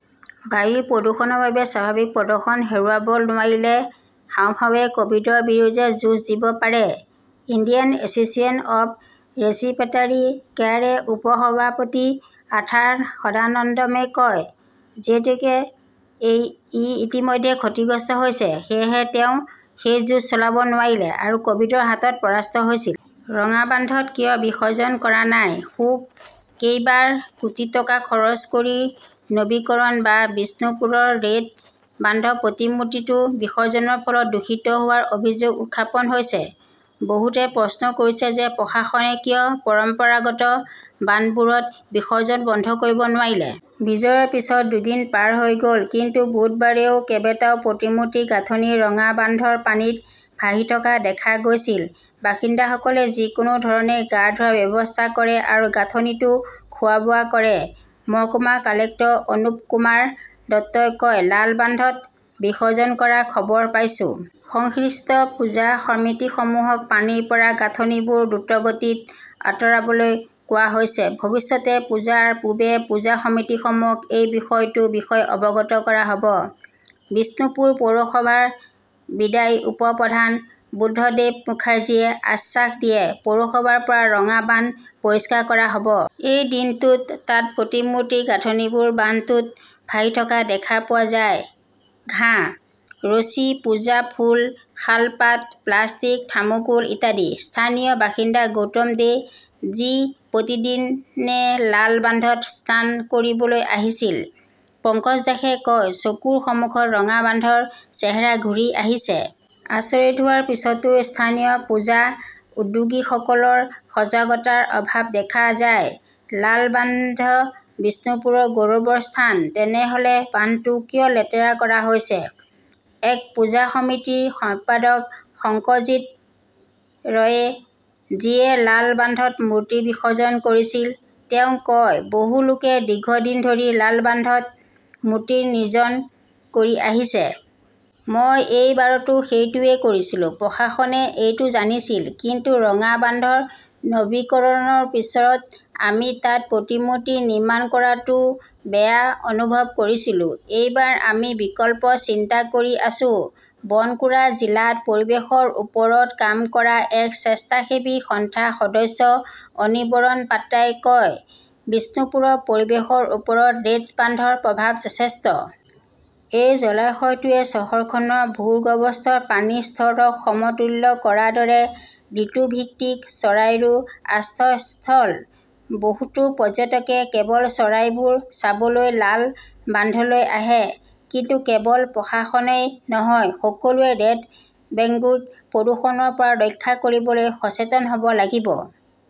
বায়ু প্ৰদূষণৰ বাবে স্বাভাৱিক প্ৰদৰ্শন হেৰুৱাব নোৱাৰিলে হাঁওফাঁওৱে কভিডৰ বিৰুদ্ধে যুঁজ দিব পাৰে, ইণ্ডিয়ান এছচিয়েশ্যন অৱ ৰেছিপ্ৰেটাৰী কেয়াৰৰ উপ-সভাপতি আৰ্থাৰ সদানন্দমে কয়। যিহেতুকে ই ইতিমধ্যে ক্ষতিগ্ৰস্ত হৈছে, সেয়েহে তেওঁ সেই যুঁজ চলাব নোৱাৰিলে আৰু কভিডৰ হাতত পৰাস্ত হৈছিল। ৰঙা বান্ধত কিয় বিসৰ্জন কৰা নাই, ক্ষোভ কেইবা কোটি টকা খৰচ কৰি নৱীকৰণ বা বিষ্ণুপুৰৰ ৰেড বান্ধৰ প্ৰতিমূৰ্তিটো বিসৰ্জনৰ ফলত দূষিত হোৱাৰ অভিযোগ উত্থাপন হৈছে। বহুতে প্ৰশ্ন কৰিছে যে প্ৰশাসনে কিয় পৰম্পৰাগত বান্ধবোৰত বিসৰ্জন বন্ধ কৰিব নোৱাৰিলে। বিজয়ৰ পিছত দুদিন পাৰ হৈ গল। কিন্তু বুধবাৰেও কেইবাটাও প্ৰতিমূৰ্তিৰ গাঁথনি ৰঙা বান্ধৰ পানীত ভাহি থকা দেখা গৈছিল। বাসিন্দাসকলে যিকোনো ধৰণে গা ধোৱাৰ ব্যৱস্থা কৰে আৰু গাঁথনিটো খোৱা-বোৱা কৰে। মহকুমা কালেক্টৰ অনুপকুমাৰ দত্তই কয়, লাল বান্ধত বিসৰ্জন কৰাৰ খবৰ পাইছো। সংশ্লিষ্ট পূজা সমিতিসমূহক পানীৰ পৰা গাঁথনিবোৰ দ্ৰুতগতিত আঁতৰাবলৈ কোৱা হৈছে। ভৱিষ্যতে পূজাৰ পূৰ্বে পূজা সমিতিসমূহক এই বিষয়টোৰ বিষয়ে অৱগত কৰা হব। বিষ্ণুপুৰ পৌৰসভাৰ বিদায়ী উপ-প্ৰধান বুদ্ধদেৱ মুখাৰ্জীয়ে আশ্বাস দিয়ে, পৌৰসভাৰ পৰা ৰঙা বান্ধ পৰিষ্কাৰ কৰা হব। এই দিনটোত তাত প্ৰতিমূৰ্তিৰ গাঁথনিবোৰ বান্ধটোত ভাহি থকা দেখা পোৱা যায়, ঘাঁহ। ৰছী, পূজা ফুল, শালপাত, প্লাষ্টিক, থাৰ্মোকোল ইত্যাদি। স্থানীয় বাসিন্দা গৌতম দে, যি প্ৰতিদিনে লাল বান্ধত স্নান কৰিবলৈ আহিছিল, পঙ্কজ দাসে কয়, চকুৰ সন্মুখত ৰঙা বান্ধৰ চেহেৰা ঘূৰি আহিছে। আচৰিত হোৱাৰ পিছতো স্থানীয় পূজা উদ্যোগীসকলৰ সজাগতাৰ অভাৱ দেখা যায়, লাল বান্ধ বিষ্ণুপুৰৰ গৌৰৱৰ স্থান। তেনেহলে বান্ধটো কিয় লেতেৰা কৰা হৈছে? এক পূজা সমিতিৰ সম্পাদক শংকজিৎ ৰয়ে, যিয়ে লাল বান্ধত মূৰ্তি বিসৰ্জন কৰিছিল, তেওঁ কয়, বহু লোকে দীৰ্ঘদিন ধৰি লাল বান্ধত মূৰ্তি নিৰ্জন কৰি আহিছে। মই এই বাৰতো সেইটোৱেই কৰিছিলো। প্ৰশাসনে এইটো জানিছিল। কিন্তু ৰঙা বান্ধৰ নৱীকৰণৰ পিছত আমি তাত প্ৰতিমূৰ্তি নিৰ্মাণ কৰাটোও বেয়া অনুভৱ কৰিছিলো। এইবাৰ আমি বিকল্প চিন্তা কৰি আছো। বনকুৰা জিলাত পৰিৱেশৰ ওপৰত কাম কৰা এক চেষ্টাস্সেৱী সংস্থাৰ সদস্য অনিৰবন পাত্ৰাই কয়, বিষ্ণুপুৰৰ পৰিৱেশৰ ওপৰত ৰেড বান্ধৰ প্ৰভাৱ যথেষ্ট। এই জলাশয়টোৱে চহৰখনৰ ভূগৰ্ভস্থ পানীৰ স্তৰক সমতুল্য কৰাৰ দৰে ঋতুভিত্তিক চৰাইৰো আশ্ৰয়স্থল। বহুতো পৰ্যটকে কেৱল চৰাইবোৰ চাবলৈ লাল বান্ধলৈ আহে। কিন্তু কেৱল প্ৰশাসনই নহয়, সকলোৱে ৰেডবঙ্গু প্ৰদূষণৰ পৰা ৰক্ষা কৰিবলৈ সচেতন হ 'ব লাগিব।